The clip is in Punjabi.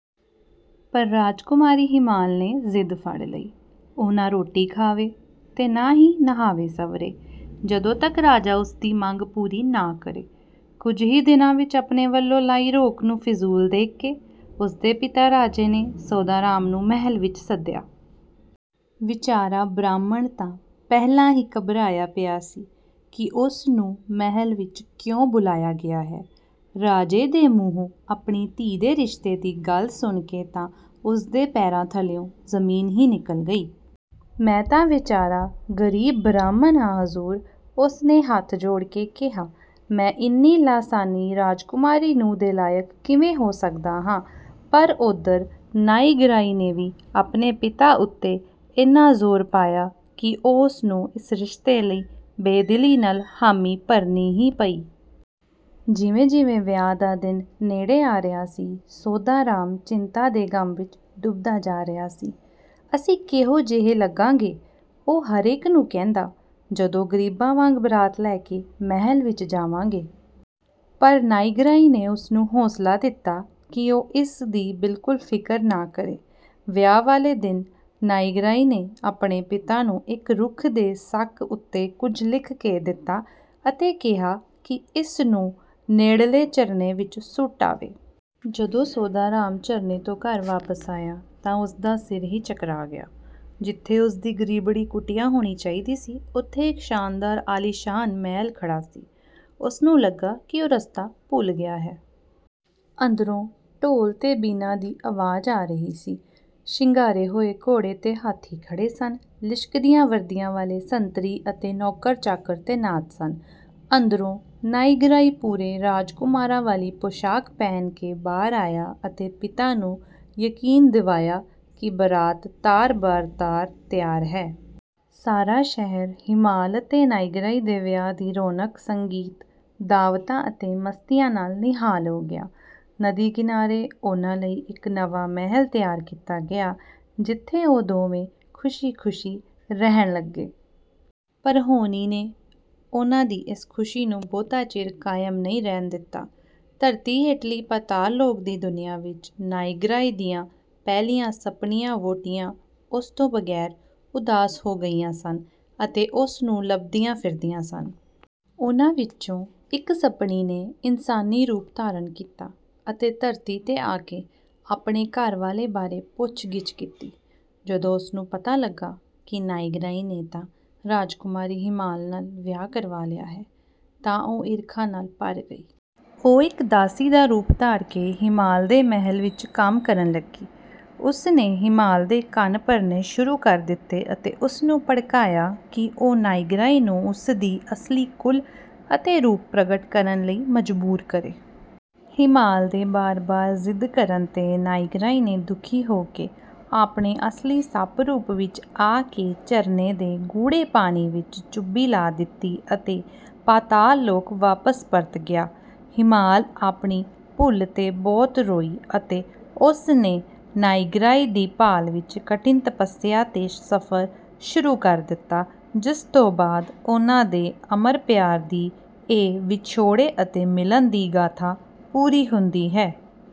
ਪਰ ਰਾਜਕੁਮਾਰੀ ਹੀਮਾਲ ਨੇ ਜ਼ਿੱਦ ਫੜ ਲਈ—ਉਹ ਨਾ ਰੋਟੀ ਖਾਵੇ ਤੇ ਨਾ ਹੀ ਨਹਾਵੇ-ਸੰਵਰੇ, ਜਦੋਂ ਤੱਕ ਰਾਜਾ ਉਸ ਦੀ ਮੰਗ ਪੂਰੀ ਨਾ ਕਰੇ। ਕੁਝ ਹੀ ਦਿਨਾਂ ਵਿੱਚ, ਆਪਣੇ ਵੱਲੋਂ ਲਾਈ ਰੋਕ ਨੂੰ ਫ਼ਿਜ਼ੂਲ ਦੇਖ ਕੇ, ਉਸ ਦੇ ਪਿਤਾ ਰਾਜੇ ਨੇ ਸੋਧਾ ਰਾਮ ਨੂੰ ਮਹੱਲ ਵਿੱਚ ਸੱਦਿਆ। ਵਿਚਾਰਾ ਬ੍ਰਾਹਮਣ ਤਾਂ ਪਹਿਲਾਂ ਹੀ ਘਬਰਾਇਆ ਪਿਆ ਸੀ ਕਿ ਉਸ ਨੂੰ ਮਹੱਲ ਵਿੱਚ ਕਿਉਂ ਬੁਲਾਇਆ ਗਿਆ ਹੈ। ਰਾਜੇ ਦੇ ਮੂੰਹੋਂ ਆਪਣੀ ਧੀ ਦੇ ਰਿਸ਼ਤੇ ਦੀ ਗੱਲ ਸੁਣ ਕੇ ਤਾਂ ਉਸ ਦੇ ਪੈਰਾਂ ਥੱਲਿਓਂ ਜ਼ਮੀਨ ਹੀ ਨਿਕਲ ਗਈ! "ਮੈਂ ਤਾਂ ਵਿਚਾਰਾ ਗਰੀਬ ਬ੍ਰਾਹਮਣ ਹਾਂ, ਹਜ਼ੂਰ!" ਉਸ ਨੇ ਹੱਥ ਜੋੜ ਕੇ ਕਿਹਾ, "ਮੈਂ ਇੰਨੀ ਲਾਸਾਨੀ ਰਾਜਕੁਮਾਰੀ ਨੂੰਹ ਦੇ ਲਾਇਕ ਕਿਵੇਂ ਹੋ ਸਕਦਾ ਹਾਂ?" ਪਰ ਉੱਧਰ ਨਾਇਗ੍ਰਾਈ ਨੇ ਵੀ ਆਪਣੇ ਪਿਤਾ ਉੱਤੇ ਇੰਨਾ ਜ਼ੋਰ ਪਾਇਆ ਕਿ ਉਸ ਨੂੰ ਇਸ ਰਿਸ਼ਤੇ ਲਈ ਬੇਦਿਲੀ ਨਾਲ ਹਾਮੀ ਭਰਨੀ ਹੀ ਪਈ। ਜਿਵੇਂ-ਜਿਵੇਂ ਵਿਆਹ ਦਾ ਦਿਨ ਨੇੜੇ ਆ ਰਿਹਾ ਸੀ, ਸੋਧਾ ਰਾਮ ਚਿੰਤਾ ਦੇ ਗ਼ਮ ਵਿੱਚ ਡੁੱਬਦਾ ਜਾ ਰਿਹਾ ਸੀ। "ਅਸੀਂ ਕਿਹੋ ਜਿਹੇ ਲੱਗਾਂਗੇ," ਉਹ ਹਰੇਕ ਨੂੰ ਕਹਿੰਦਾ, "ਜਦੋਂ ਗ਼ਰੀਬਾਂ ਵਾਂਗ ਬਾਰਾਤ ਲੈ ਕੇ ਮਹੱਲ ਵਿੱਚ ਜਾਵਾਂਗੇ!" ਪਰ ਨਾਇਗ੍ਰਾਈ ਨੇ ਉਸ ਨੂੰ ਹੌਸਲਾ ਦਿੱਤਾ ਕਿ ਉਹ ਇਸ ਦੀ ਬਿਲਕੁਲ ਫ਼ਿਕਰ ਨਾ ਕਰੇ। ਵਿਆਹ ਵਾਲੇ ਦਿਨ ਨਾਇਗ੍ਰਾਈ ਨੇ ਆਪਣੇ ਪਿਤਾ ਨੂੰ ਇੱਕ ਰੁੱਖ ਦੇ ਸੱਕ ਉੱਤੇ ਕੁਝ ਲਿਖ ਕੇ ਦਿੱਤਾ ਅਤੇ ਕਿਹਾ ਕਿ ਇਸ ਨੂੰ ਨੇੜਲੇ ਝਰਨੇ ਵਿੱਚ ਸੁੱਟ ਆਵੇ। ਜਦੋਂ ਸੋਧਾ ਰਾਮ ਝਰਨੇ ਤੋਂ ਘਰ ਵਾਪਸ ਆਇਆ ਤਾਂ ਉਸ ਦਾ ਸਿਰ ਹੀ ਚਕਰਾ ਗਿਆ! ਜਿੱਥੇ ਉਸ ਦੀ ਗ਼ਰੀਬੜੀ ਕੁਟੀਆ ਹੋਣੀ ਚਾਹੀਦੀ ਸੀ, ਉੱਥੇ ਇੱਕ ਸ਼ਾਨਦਾਰ ਆਲੀਸ਼ਾਨ ਮਹੱਲ ਖੜ੍ਹਾ ਸੀ। ਉਸ ਨੂੰ ਲੱਗਾ ਕਿ ਉਹ ਰਸਤਾ ਭੁੱਲ ਗਿਆ ਹੈ। ਅੰਦਰੋਂ ਢੋਲ ਤੇ ਬੀਨਾਂ ਦੀ ਆਵਾਜ਼ ਆ ਰਹੀ ਸੀ, ਸ਼ਿੰਗਾਰੇ ਹੋਏ ਘੋੜੇ ਤੇ ਹਾਥੀ ਖੜ੍ਹੇ ਸਨ, ਲਿਸ਼ਕਦੀਆਂ ਵਰਦੀਆਂ ਵਾਲੇ ਸੰਤਰੀ ਅਤੇ ਨੌਕਰ-ਚਾਕਰ ਤੈਨਾਤ ਸਨ। ਅੰਦਰੋਂ ਨਾਇਗ੍ਰਾਈ ਪੂਰੇ ਰਾਜਕੁਮਾਰਾਂ ਵਾਲੀ ਪੋਸ਼ਾਕ ਪਹਿਨ ਕੇ ਬਾਹਰ ਆਇਆ ਅਤੇ ਪਿਤਾ ਨੂੰ ਯਕੀਨ ਦਿਵਾਇਆ ਕਿ ਬਾਰਾਤ ਤਾਰ-ਬਰ-ਤਾਰ ਤਿਆਰ ਹੈ। ਸਾਰਾ ਸ਼ਹਿਰ ਹੀਮਾਲ ਅਤੇ ਨਾਇਗ੍ਰਾਈ ਦੇ ਵਿਆਹ ਦੀ ਰੌਣਕ, ਸੰਗੀਤ, ਦਾਅਵਤਾਂ ਅਤੇ ਮਸਤੀਆਂ ਨਾਲ ਨਿਹਾਲ ਹੋ ਗਿਆ। ਨਦੀ ਕਿਨਾਰੇ ਉਨ੍ਹਾਂ ਲਈ ਇੱਕ ਨਵਾਂ ਮਹੱਲ ਤਿਆਰ ਕੀਤਾ ਗਿਆ, ਜਿੱਥੇ ਉਹ ਦੋਵੇਂ ਖ਼ੁਸ਼ੀ-ਖ਼ੁਸ਼ੀ ਰਹਿਣ ਲੱਗੇ। ਪਰ ਹੋਣੀ ਨੇ ਉਨ੍ਹਾਂ ਦੀ ਇਸ ਖ਼ੁਸ਼ੀ ਨੂੰ ਬਹੁਤਾ ਚਿਰ ਕਾਇਮ ਨਹੀਂ ਰਹਿਣ ਦਿੱਤਾ। ਧਰਤੀ ਹੇਠਲੀ ਪਤਾਲ-ਲੋਕ ਦੀ ਦੁਨੀਆ ਵਿੱਚ ਨਾਇਗ੍ਰਾਈ ਦੀਆਂ ਪਹਿਲੀਆਂ ਸੱਪਣੀਆਂ-ਵਹੁਟੀਆਂ ਉਸ ਤੋਂ ਬਗ਼ੈਰ ਉਦਾਸ ਹੋ ਗਈਆਂ ਸਨ ਅਤੇ ਉਸ ਨੂੰ ਲੱਭਦੀਆਂ ਫਿਰਦੀਆਂ ਸਨ। ਉਨ੍ਹਾਂ ਵਿੱਚੋਂ ਇੱਕ ਸੱਪਣੀ ਨੇ ਇਨਸਾਨੀ ਰੂਪ ਧਾਰਨ ਕੀਤਾ ਅਤੇ ਧਰਤੀ 'ਤੇ ਆ ਕੇ ਆਪਣੇ ਘਰਵਾਲੇ ਬਾਰੇ ਪੁੱਛਗਿੱਛ ਕੀਤੀ। ਜਦੋਂ ਉਸ ਨੂੰ ਪਤਾ ਲੱਗਾ ਕਿ ਨਾਇਗ੍ਰਾਈ ਨੇ ਤਾਂ ਰਾਜਕੁਮਾਰੀ ਹੀਮਾਲ ਨਾਲ ਵਿਆਹ ਕਰਵਾ ਲਿਆ ਹੈ, ਤਾਂ ਉਹ ਈਰਖਾ ਨਾਲ ਭਰ ਗਈ। ਉਹ ਇੱਕ ਦਾਸੀ ਦਾ ਰੂਪ ਧਾਰ ਕੇ ਹੀਮਾਲ ਦੇ ਮਹੱਲ ਵਿੱਚ ਕੰਮ ਕਰਨ ਲੱਗੀ। ਉਸ ਨੇ ਹੀਮਾਲ ਦੇ ਕੰਨ ਭਰਨੇ ਸ਼ੁਰੂ ਕਰ ਦਿੱਤੇ ਅਤੇ ਉਸ ਨੂੰ ਭੜਕਾਇਆ ਕਿ ਉਹ ਨਾਇਗ੍ਰਾਈ ਨੂੰ ਉਸ ਦੀ ਅਸਲੀ ਕੁੱਲ ਅਤੇ ਰੂਪ ਪ੍ਰਗਟ ਕਰਨ ਲਈ ਮਜ਼ਬੂਰ ਕਰੇ। ਹੀਮਾਲ ਦੇ ਬਾਰ-ਬਾਰ ਜ਼ਿੱਦ ਕਰਨ 'ਤੇ, ਨਾਇਗ੍ਰਾਈ ਨੇ ਦੁਖੀ ਹੋ ਕੇ ਆਪਣੇ ਅਸਲੀ ਸੱਪ-ਰੂਪ ਵਿੱਚ ਆ ਕੇ ਝਰਨੇ ਦੇ ਗੂੜ੍ਹੇ ਪਾਣੀ ਵਿੱਚ ਚੁੱਭੀ ਲਾ ਦਿੱਤੀ ਅਤੇ ਪਤਾਲ-ਲੋਕ ਵਾਪਸ ਪਰਤ ਗਿਆ। ਹੀਮਾਲ ਆਪਣੀ ਭੁੱਲ 'ਤੇ ਬਹੁਤ ਰੋਈ ਅਤੇ ਉਸ ਨੇ ਨਾਇਗ੍ਰਾਈ ਦੀ ਭਾਲ ਵਿੱਚ ਕਠਿਨ ਤਪੱਸਿਆ ਤੇ ਸਫ਼ਰ ਸ਼ੁਰੂ ਕਰ ਦਿੱਤਾ, ਜਿਸ ਤੋਂ ਬਾਅਦ ਉਨ੍ਹਾਂ ਦੇ ਅਮਰ ਪਿਆਰ ਦੀ ਇਹ ਵਿਛੋੜੇ ਅਤੇ ਮਿਲਣ ਦੀ ਗਾਥਾ ਪੂਰੀ ਹੁੰਦੀ ਹੈ।